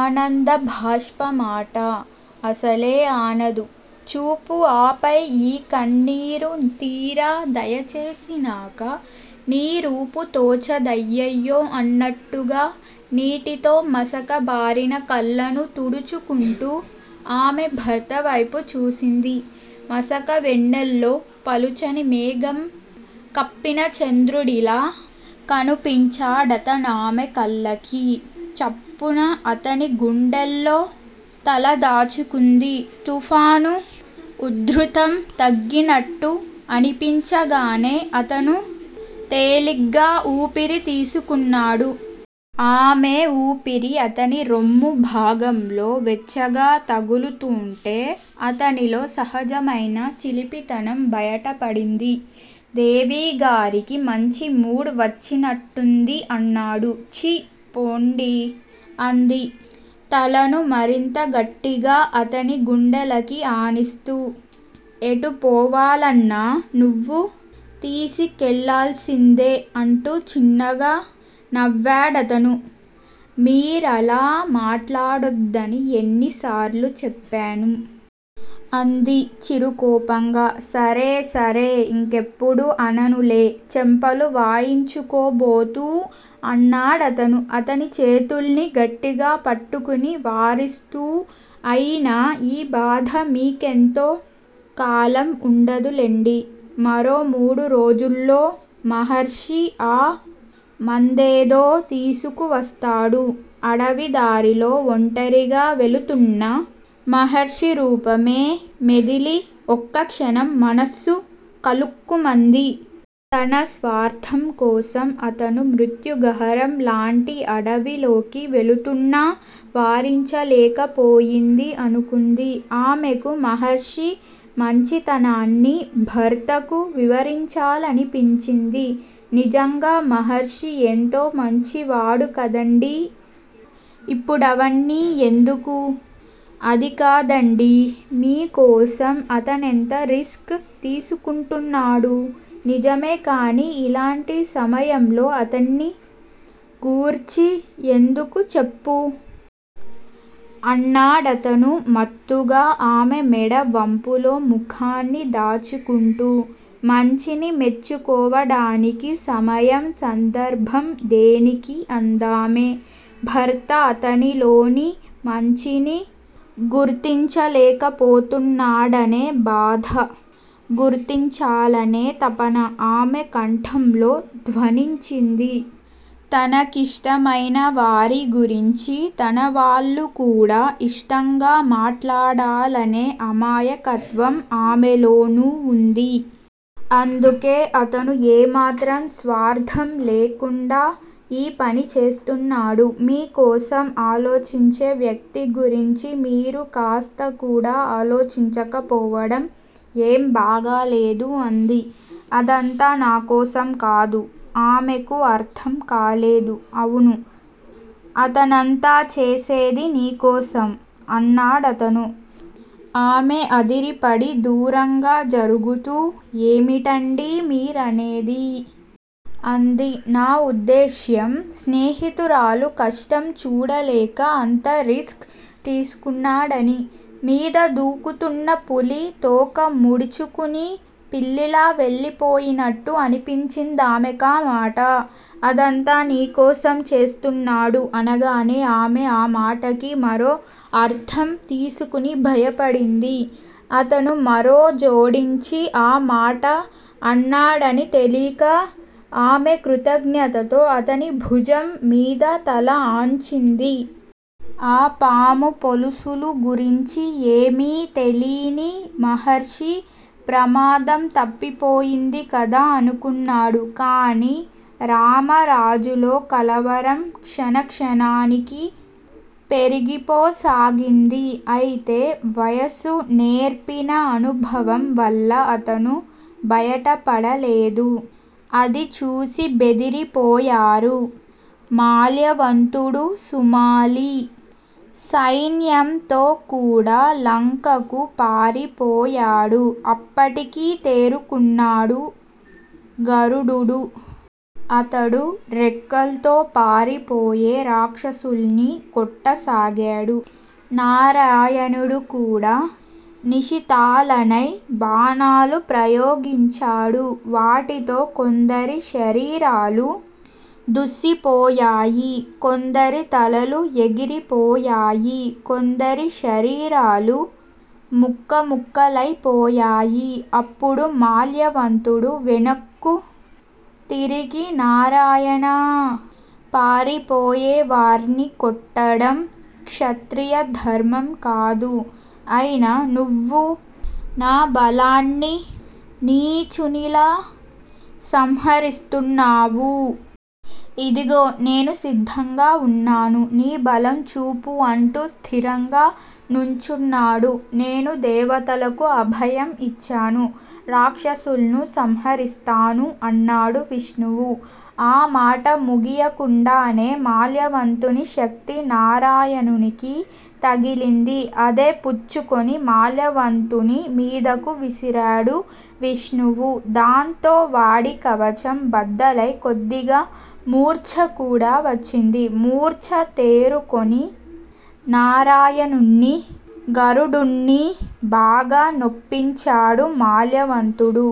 ఆనందభాష్పమాట. అసలే ఆనదు చూపు ఆపై యీ కన్నీరు తీరా దయచేసినాక నీ రూపు తోచదయ్యయ్యో అన్నట్టుగా నీటితో మసకబారిన కళ్ళను తుడుచుకుంటూ ఆమె భర్తవైపు చూసింది. మసక వెన్నెల్లో పలుచని మేఘం కప్పిన చంద్రుడిలా కనుపించాడతనామె కళ్ళకి. చప్పున అతనిగుండెల్లో తల దాచుకుంది. తుఫాను ఉధృతం తగ్గినట్టు అనిపించగానే అతను తేలిగ్గా ఊపిరి తీసుకున్నాడు. ఆమె ఊపిరి అతనిరొమ్ము భాగంలో వెచ్చగా తగులుతూంటే అతనిలో సహజమైన చిలిపితనం బయటపడింది. దేవిగారికి మంచి మూడ్ వచ్చినట్టుంది అన్నాడు. ఛీ పొండి అంది. తలను మరింత గట్టిగా అతని గుండెలకి ఆనిస్తూ. ఎటు పోవాలన్నా నువ్వు తీసికెళ్ళాల్సిందే అంటూ చిన్నగా నవ్వాడతను. మీరలా మాట్లాడొద్దని ఎన్ని సార్లు చెప్పాను? అంది చిరుకోపంగా. సరే సరే. ఇంకెప్పుడూ అననులే చెంపలు వాయించుకోబోతూ అన్నాడతను. అతని చేతుల్ని గట్టిగా పట్టుకుని వారిస్తూ అయినా ఈ బాధ మీకెంతో కాలం ఉండదులెండి! మరో మూడు రోజుల్లో మహర్షి ఆ మందేదో తీసుకువస్తాడు. అడవి దారిలో ఒంటరిగా వెళుతున్న మహర్షి రూపమే మెదిలి ఒక్కక్షణం మనస్సు కలుక్కుమంది. తన స్వార్థం కోసం అతను మృత్యుగహరం లాంటి అడవిలోకి వెళుతున్నా వారించలేకపోయింది అనుకుంది. ఆమెకు మహర్షి మంచితనాన్ని భర్తకు వివరించాలనిపించింది. నిజంగా మహర్షి ఎంతో మంచివాడు కదండీ! ఇప్పుడవన్నీ ఎందుకు? అదికాదండీ మీకోసం అతనెంత రిస్క్ తీసుకుంటున్నాడు? నిజమే కాని ఇలాంటి సమయంలో అతన్ని గూర్చి ఎందుకు చెప్పు? అన్నాడతను మత్తుగా ఆమె మెడ వంపులో ముఖాన్ని దాచుకుంటూ. మంచిని మెచ్చుకోవడానికి సమయం సందర్భం దేనికి? అందామె. భర్త అతనిలోని మంచిని గుర్తించలేకపోతున్నాడనే బాధ గుర్తించాలనే తపన ఆమె కంఠంలో ధ్వనించింది. తన కిష్టమైనవారి గురించి తనవాళ్ళు కూడా ఇష్టంగా మాట్లాడాలనే అమాయకత్వం ఆమెలోనూ వుంది. అందుకే అతను ఏ మాత్రం స్వార్థం లేకుండా ఈ పని చేస్తున్నాడు. మీ కోసం ఆలోచించే వ్యక్తి గురించి మీరు కాస్త కూడా ఆలోచించకపోవడం ఏం బాగాలేదు అంది. అదంతా నా కోసం కాదు! ఆమెకు అర్థంకాలేదు. అవును. అతనంతా చేసేది నీకోసం! అన్నాడతను. ఆమె అదిరిపడి దూరంగా జరుగుతూ ఏమిటండీ మీరనేది? అంది. నా ఉద్దేశ్యం స్నేహితురాలు కష్టం చూడలేక అంత రిస్క్ తీసుకున్నాడని. మీద దూకుతున్న పులి తోక ముడుచుకుని పిల్లిలా వెళ్ళిపోయినట్టు అనిపించిందామెకా మాట. అదంతా నీకోసం చేస్తున్నాడు అనగానే ఆమె ఆ మాటకి మరో అర్థం తీసుకుని భయపడింది. అతను మరో జోడించి ఆ మాట అన్నాడని తెలీక ఆమె కృతజ్ఞతతో అతని భుజం మీద తల ఆన్చింది. ఆ పాము పొలుసులు గురించి ఏమీ తెలీని మహర్షి ప్రమాదం తప్పిపోయింది కదా అనుకున్నాడు. కానీ రామరాజులో కలవరం క్షణక్షణానికి పెరిగిపోసాగింది. అయితే వయసు నేర్పిన అనుభవం వల్ల అతను బయటపడలేదు. అది చూసి బెదిరిపోయారు మాల్యవంతుడు సుమాలి. సైన్యంతో కూడా లంకకు పారిపోయాడు. అప్పటికి తేరుకున్నాడు గరుడుడు. అతడు రెక్కల్తో పారిపోయే రాక్షసుల్ను కొట్టసాగాడు. నారాయణుడు కూడా నిశితాలైన బాణాలు ప్రయోగించాడు. వాటితో కొందరి శరీరాలు దుస్సిపోయాయి. కొందరి తలలు ఎగిరిపోయాయి. కొందరి శరీరాలు ముక్కముక్కలైపోయాయి. అప్పుడు మాల్యవంతుడు వెనక్కు తిరిగి నారాయణా! పారిపోయేవార్ని కొట్టడం క్షత్రియధర్మం కాదు. అయినా నువ్వు నాబలాన్ని నీచునిలా సంహరిస్తున్నావు. ఇదిగో నేను సిద్ధంగా వున్నాను. నీ బలం చూపు అంటూ స్థిరంగా నుంచున్నాడు. నేను దేవతలకు అభయం ఇచ్చాను. రాక్షసుల్ను సంహరిస్తాను అన్నాడు విష్ణువు. ఆ మాట ముగియకుండానే మాల్యవంతుని శక్తి నారాయణునికి తగిలింది. అదే పుచ్చుకొని మాల్యవంతుని మీదకు విసిరాడు విష్ణువు. దాంతో వాడి కవచం బద్దలై కొద్దిగా మూర్ఛకూడా వచ్చింది. మూర్ఛ తేరుకొని నారాయణుణ్ణీ గరుడుణ్ణీ బాగా నొప్పించాడు మాల్యవంతుడు.